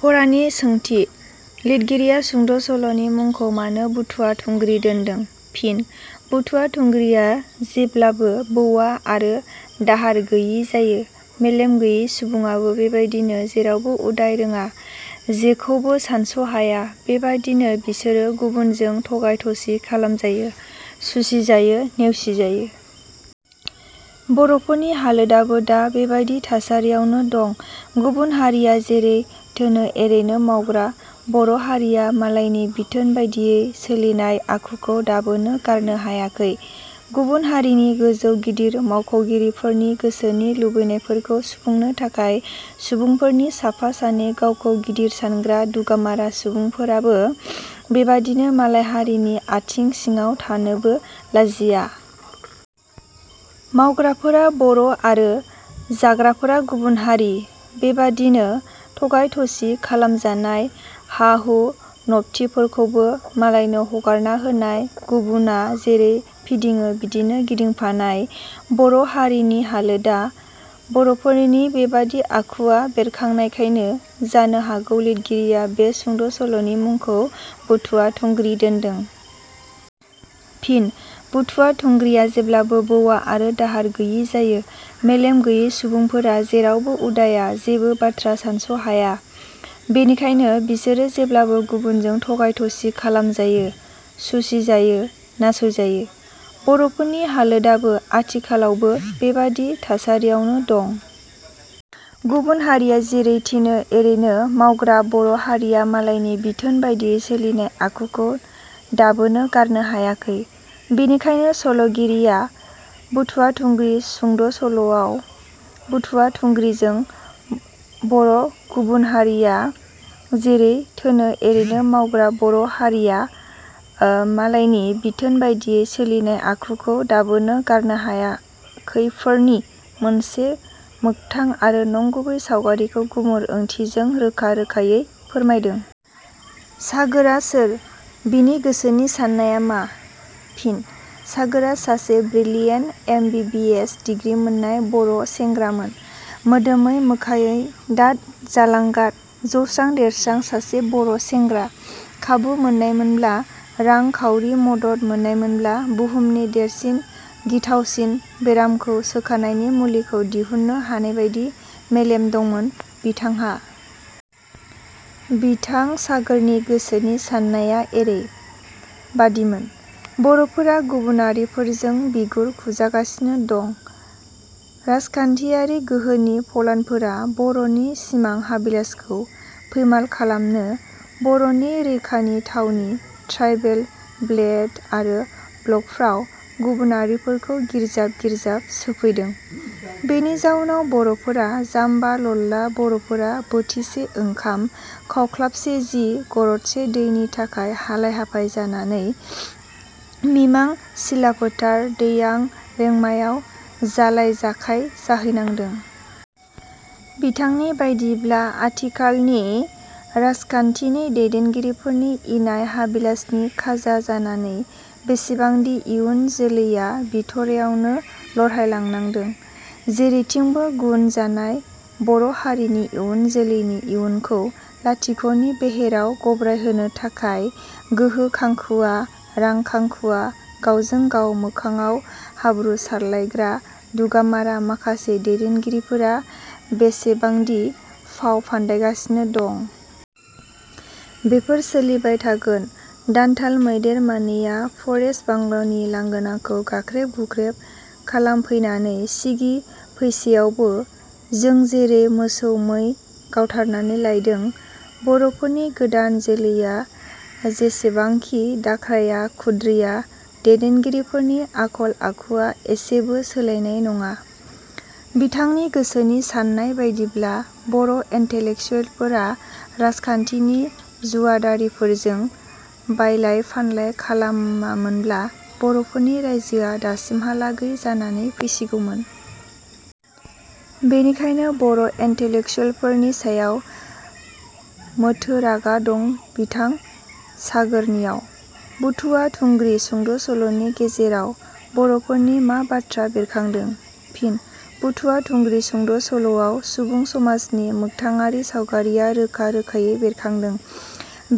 फरानि सोंथि. लिरगिरिया सुंद' सल'नि मुंखौ मानो 'बुथुवा थुंग्रि' दोनदों? फिन: बुथुवा थुंग्रिया जेब्लाबो बौवा आरो दाहार गैयि जायो। मेलेम गैयै सुबुङाबो बेबादिनो जेरावबो उदाय रोङा, जेखौबो सानस' हाया। बेनिखायनो बिसोरो गुबुनजों थगाय-थसि खालामजायो, सुसिजायो, नारसेबजायो। बर'फोरनि हालोदाबो दा बेबादि थासारियावनो दं। गुबुन हारिया जेरै थोनो एरैनो मावग्रा बर' हारिया मालायनि बिथोन बादियै सोलिनाय आखुखौ दाबोनो गारनो हायाखै। गुबुन हारिनि गोजौ गिदिर मावख'गिरिफोरनि गोसोनि लुबैनायफोरखौ सुफुंनो थाखाय बर'फोरनि साफा सानै गावखौ गिदिर सानग्रा दुगामारा सुबुंफोराबो बेबादिनो मालाय हारिनि आथिं सिङाव थानोबो लाजिया। मावग्राफोरा बर' आरो जाग्राफोरा गुबुन हारि। बेबादिनो थगाय-थसि खालामजानाय, हा-हु नबथिफोरखौबो मालायनो हगारना होनाय, गुबुना जेरै फिदिङो बेजोंनो गिदिंफानाय बर' हारिनि हालोदा। बर'फोरनि बेबादि आखुआ बेरखांनायखायनो जानो हागौ लिरगिरिया बे सुंद' सल'नि मुंखौ "बुथुवा थुंग्रि" दोनदों। फिन: बुथुवा थुंग्रिया जेब्लाबो बौवा आरो दाहार गैयि जायो। मेलेम गैयै सुबुंफोरा जेरावबो उदाया, जेबो बाथ्रा सानस'हाया। बेनिखायनो बिसोर जेब्लाबो गुबुनजों थगाय थसि खालाम जायो, सुसि जायो, नासयजायो। बर'फोरनि हालोदाबो आथिखालावबो बेबादि थासारियावनो दं। गुबुन हारिया जेरै थोनो एरैनो मावग्रा बर' हारिया मालायनि बिथोन बादियै सोलिनाय आखुखौ दाबोनो गारनो हायाखै। बेनिखायनो सल'गिरिया "बुथुवा थुंग्रि" सुंद' सल'वाव बुथुवा थुंग्रिजों बरगुबुन हारिया जेरै थोनो एरैनो मावग्रा बर' हारिया मालायनि बिथोन बादियै सोलिनाय आखुखौ दाबोनो गारनो हायाखै'फोरनि मोनसे मोगथां आरो नंगुबै सावगारिखौ गुमुर ओंथिखौ रोखा रोखायै फोरमायदों।. सागोरा सोर? बेनि गोसोनि साननाया मा? फिन: सागोरा सासे brilliant M. B. B. S. Degree मोननाय बर'सेंषग्रामोन। मोदोमै मोखांङै दाथ जालांगाद, जौस्रां देरस्रां सासे बर' सेंग्रा। खाबु मोननायमोनब्ला, रां खाउउरि मदद मोननायमोनब्ला बुहुमनि देरसिन गिथावसिन बेरामखौ सोखानायनि मुलिखौ दिहुननो हानायबादि मेलेम दंमोन बिथांहा। बिथां सागोरनि गोसोनि साननाया एरै बादिमोन- "बर'फोरा गुबुनारिफोरजों बिगुर खुजागासिनो दं। राजखान्थियारि गोहोनि फलानफोरा बर'फोरनि सिमां-हाबिलासखौ फैमाल खालामनो, बर'फोरनि रैखानि थावनि ट्राइबेल बेल्ट आरो ब्लकफ्राव गुबुनारिफोरखौ गिर्जाव गिर्जाब सोफैदों। बेनि जाउनाव बर'फोरा – जाम्बा लल्ला बर'फोरा बोथिसे ओंखाम, खावख्लाबसे सि, गरदसे दैनि थाखाय हालाय-हाफाय जानानै मिमां, सिलाफोथार, दैयां, रेंमायाव जालाय-जाखाय जाहैनांदों। " बिथांनि बादिब्ला- आथिखालानि राजखान्थिनि दैदेनगिरिफोरनि इनाय हाबिलासनि खाजा जानानै बेसेबांदि इयुन जोलैया बिथ'राइयावनो लहरायलांदो! जेरैथिंबो गुन जानाय बर' हारिनि इयुन जोलैनि इयुनखौ लाथिख'नि बेहेराव गब्रायहैनो थाखाय गोहो खांखुवा, रां खांखुवा, गावजों गाव मोखाङाव हाब्रु सारफावलायग्रा दुगामारा माखासे दैदेनगिरिफोरा बेससेबांदि फाव फान्दायगासिनो दं! बेफोर सोलिबाय थागोन। दान्थाल मैदेर मानैया फरेस्ट बांल'नि लांगोनाखौ गाख्रेब गुख्रेब खालामफैनानै सिगि फैसेयावबो जों जेरै मोसौ मै गावथारनानै लायदों बर'फोरनि गोदान जोलैया जेसेवांखि दाख्राया खुद्रिया दैदेनगिरिफोरनि आखल आखुवा इसेबो सोलायनाय नङा। बिथांनि गोसोनि साननाय बादिब्ला- बर' इन्टेलेकसुवेलफोरा राजखान्थिनि जुवादारिफोरजों बायलाय-फानलाय खालामामोनब्ला बर'फोरनि राइजोआ दासिमहालागै जानानै फैसिगौमोन। " बेनिखायनो बर' इन्टेलेकसुवेलफोरनि सायाव मोथो रागा दं बिथां सागोरनियाव।. 'बुथुवा थुंग्रि' सुंद' सल'नि गेजेराव बर'फोरनि मा बाथ्रा बेरखांदों? फिन: "बुथुवा थुंग्रि" सुंद' सल'आव सुबुं समाजनि मोगथाङारि सावगारिया रोखा रोखायै बेरखांदों।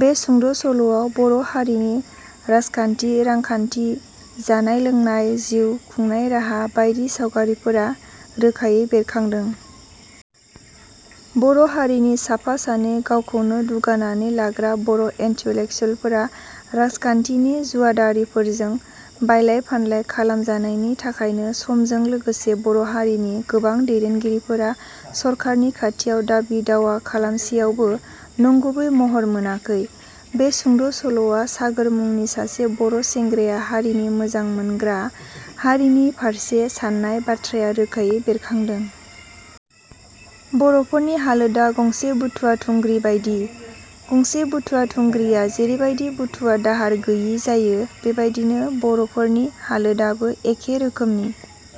बे सुंद' सल'आव बर' हारिनि राजखान्थि, रांखान्थि, जानाय लोंनाय, जिउ खुंनाय राहा बायदि सावगारिफोरा रोखायै बेरखांदों। बर' हारिनि साफा सानै गावखौनो दुगानानै लाग्रा बर' इन्टेलेकसुवेलफोरा राजखान्थिनि जुवादारिफोरजों बायलाय-फानलाय खालामजानायनि थाखायनो समजों लोगोसे बर' हारिनि गोबां दैदेनगिरिफोरा सरकारनि खाथियाव दाबि-दावा खालामसेयावबो नंगुबै महर मोनाखै। बे सुंद' सल'आव सागोर मुंनि सासे बर' सेंग्राया हारिखौ मोजां मोनग्रा, हारिनि फारसे साननाय बाथ्राया रोखायै बेरखांदों। बर'फोरनि हालोदा गंसे बुथुवा थुंग्रि बादि। गंसे बुथुवा थुंग्रिया जेरैबादि बुथुवा दाहार गैयि जायो बेबादिनो बर'फोरनि हालोदाबो एखे रोखोमनि।